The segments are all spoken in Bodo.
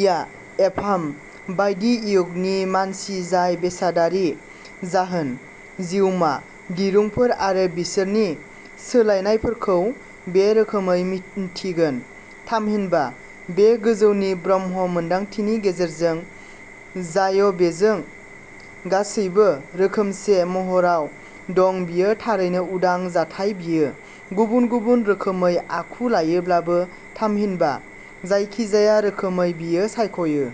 या एभाम बायदि य'गनि मानसि जाय बेसादारि जाहोन, जिउमा, दिरुंफोर आरो बिसोरनि सोलायनायफोरखौ बे रोखोमै मिन्थिगोन थामहिनबा, बे गोजौनि ब्रह्म-मोनदांथिनि गेजेरजों जाय'बेजों गासैबो रोखोमसे'महराव दं-बियो थारैनो उदां जाथाय-बियो गुबुन-गुबुन रोखोमै आखु लायोब्लाबो थामहिनबा, जायखिजाया रोखोमै बियो सायख'यो।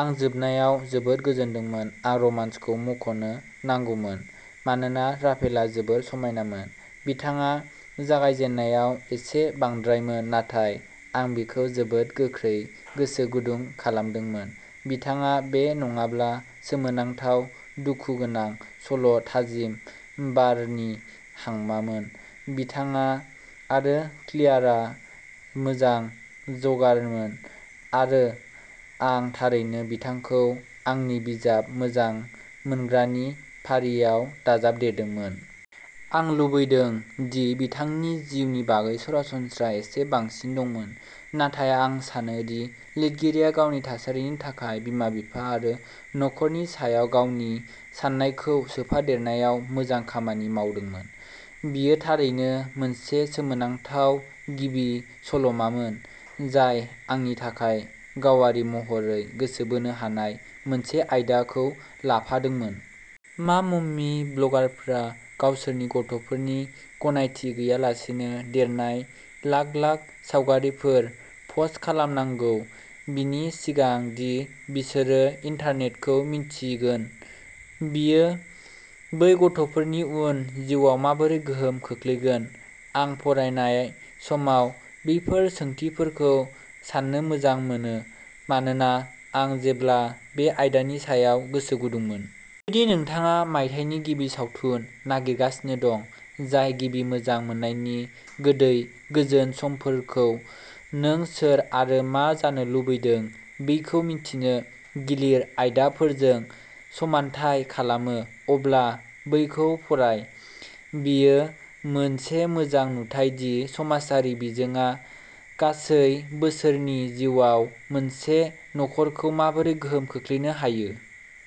आं जोबनायजों जोबोद गोजोनदोंमोन। आं रमान्सखौ मुंख'नो नांगौमोन मानोना राफेलआ जोबोद समायनामोन। बिथाङा जागायजेननायाव एसे बांद्रायमोन नाथाय आं बिखौ जोबोद गोख्रै गोसो गुदुं खालामदोंमोन। बिथाङा बे नङाब्ला-सोमोनांथाव-दुखुगोनां सल'आव थाजिम बारनि हांमोन। बिथाङा आरो क्लेयारआ मोजां जरामोन आरो आं थारैनो बिथांखौ आंनि बिजाब मोजां मोनग्रानि फारियाव दाजाबदेरदोंमोन। आं लुबैदों दि बिथांनि जिउनि बागै सरासनस्रा एसे बांसिन दंमोन नाथाय आं सानो दि लिरगिरिया गावनि थासारिनि थाखाय बिमा-बिफा आरो नखरनि सायाव गावनि साननायखौ सोफादेरनायाव मोजां खामानि मावदोंमोन। बेयो थारैनो मोनसे सोमोनांथाव गिबि सल'मामोन, जाय आंनि थाखाय गावारि महरै गोसो बोनो हानाय मोनसे आयदाखौ लाफादोंमोन। मा मम्मी ब्लगारफोरा गावसोरनि गथ'फोरनि गनायथि गैयालासे देरनाय लाख-लाख सावगारिफोर पस्ट खालामनांगौ, बेनि सिगां दि बिसोरो इन्टारनेटखौ मिन्थिगोन? बेयो बै गथ'फोरनि उननि जिउआव माबोरै गोहोम खोख्लैगोन? आं फरायनाय समाव बेफोर सोंथिफोरखौ साननो मोजां मोनोमोन मानोना आं जेब्लाबो बे आयदानि सायाव गोसोगुदुंमोन। जुदि नोंथाङा मायथाइनि गिबि सावथुन नागिरगासिनो दं, जाय गिबि मोजां मोननायनि गोदै, गोजों समफोरखौ नों सोर आरो मा जानो लुबैदों बेखौ मिथिनो गिलिर आयदाफोरजों समानथाय खालामो, अब्ला बेखौ फराय। बेयो मोनसे मोजां नुथाय दि समाजारि बिजोङा गासै बोसोरनि जिउआव मोनसे नखरखौ माबोरै गोहोम खोख्लैनो हायो।